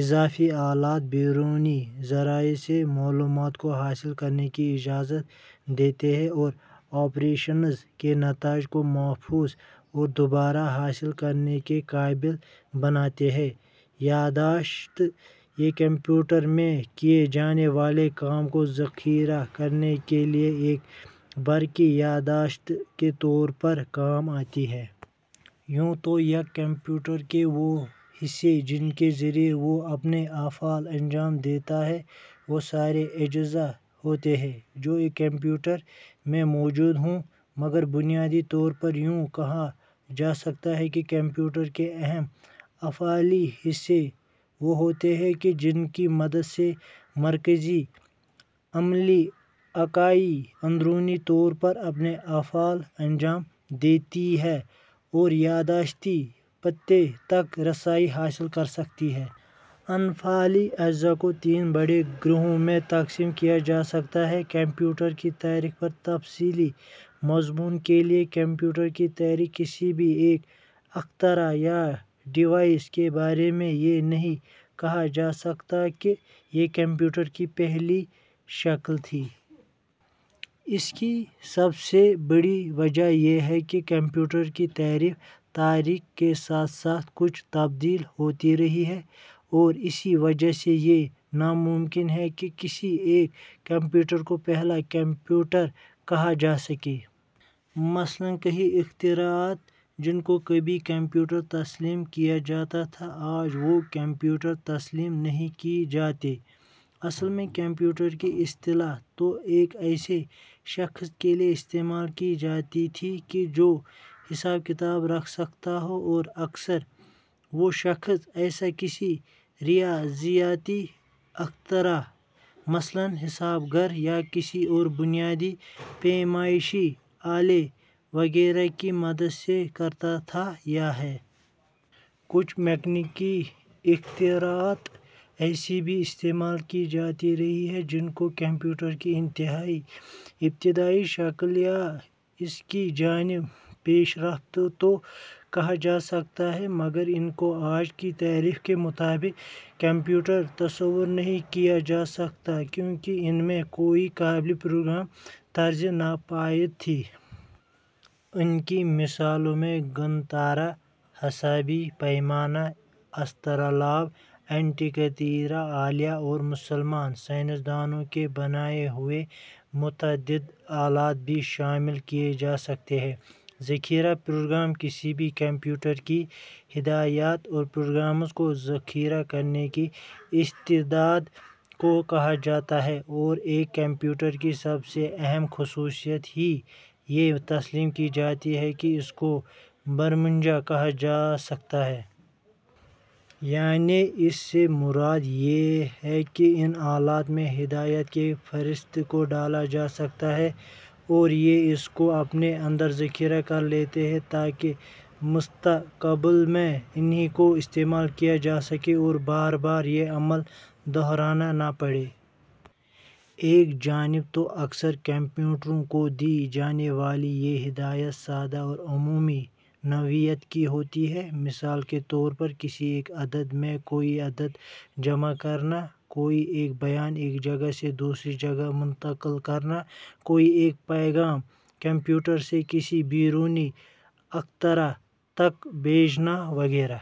اضافی آلات بیرونی ذرائع سے معلومات کو حاصل کرنے کی اجازت دیتے ہیں اور آپریشنز کے نتائج کو محفوظ اور دوبارہ حاصل کرنے کے قابل بناتے ہیں۔ یاداشت ، یہ کمپیوٹر میں کیے جانے والے کام کو ذخیرہ کرنے کے لیے ایک برقی یاداشت کے طور پر کام آتی ہے۔ یوں تو یک کمپیوٹر کے وہ حصے جن کے ذریعہ وہ اپنے افعال انجام دیتا ہے وہ سارے اجزاء ہوتے ہیں جو ایک کمپیوٹر میں موجود ہوں۔ مگر بنیادی طور پر یوں کہا جا سکتا ہے کہ کمپیوٹر کے اہم افعالی حصے وہ ہوتے ہیں کہ جن کی مدد سے مرکزی عملی اکائی اندرونی طور پر اپنے افعال انجام دیتی ہے اور یاداشتی پتے تک رسائی حاصل کرسکتی ہے۔ ان فعالی اجزاء کو تین بڑے گروہوں میں تقسیم کیا جا سکتا ہے۔ کمپیوٹر کی تاریخ پر تفصیلی مضمون کے لیے کمپیوٹر کی تاریخ کسی بھی ایک اختراع یا ڈیوائس کے بارے میں یہ نہیں کہا جا سکتا کہ یہ کمپیوٹر کی پہلی شکل تھی۔ اس کی سب سے بڑی وجہ یہ ہے کہ کمپیوٹر کی تعریف تاریخ کے ساتھ ساتھ کچھ تبدیل ہوتی رہی ہے اور اسی وجہ سے یہ ناممکن ہے کہ کسی ایک کمپیوٹر کو پہلا کمپیوٹر کہا جاسکے۔ مثلاً کئی اختراعات جن کو کبھی کمپیوٹر تسلیم کیا جاتا تھا آج وہ کمپیوٹر تسلیم نہیں کی جاتیں۔ اصل میں کمپیوٹر کی اصطلاح تو ایک ایسے شخص کے لیے استعمال کی جاتی تھی کہ جو حساب کتاب رکھ سکتا ہو اور اکثر وہ شخص ایسا کسی ریاضیاتی اختراع مثلاً حسابگر یا کسی اور بنیادی پیمائشی آلے وغیرہ کی مدد سے کرتا تھا یا ہے۔ کچھ میکانیکی اختراعات ایسی بھی استعمال کی جاتی رہی ہیں جن کو کمپیوٹر کی انتہائی ابتدائی شکل یا اس کی جانب پیش رفت تو کہا جا سکتا ہے مگر ان کو آج کی تعریف کے مطابق کمپیوٹر تصور نہیں کیا جا سکتا کیونکہ ان میں کوئی قابل پروگرام طرز ناپید تھی۔ ان کی مثالوں میں گنتارا ، حسابی پیمانہ ، اسطرلاب ، انٹیکتیرا آلیہ اور مسلمان سائنسدانوں کے بنائے ہوئے متعدد آلات بھی شامل کیے جا سکتے ہیں،۔ ذخیرۂ پروگرام کسی بھی کمپیوٹر کی ہدایات اور پروگرامز کو ذخیرہ کرنے کی استعداد کو کہا جاتا ہے اور ایک کمپیوٹر کی سب سے اہم خصوصیت ہی یہ تسلیم کی جاتی ہے کہ اس کو برمجہ کیا جا سکتا ہے۔ یعنی اس سے مراد یہ ہے کہ ان آلات میں ہدایات کی ایک فہرست کو ڈالا جا سکتا ہے اور یہ اس کو اپنے اندر ذخیرہ کرلیتے ہیں تاکہ مستقبل میں انھی کو استعمال کیا جاسکے اور بار بار یہ عمل دہرانا نہ پڑے۔ ایک جانب تو اکثر کمپیوٹروں کو دی جانے والی یہ ہدایات سادہ اور عمومی نوعیت کی ہوتی ہیں: مثال کے طور پر کسی ایک عدد میں کوئی عدد جمع کرنا، کوئی ایک بیان ایک جگہ سے دوسری جگہ منتقل کرنا، کوئی ایک پیغام کمپیوٹر سے کسی بیرونی اختراع تک بھیجنا وغیرہ۔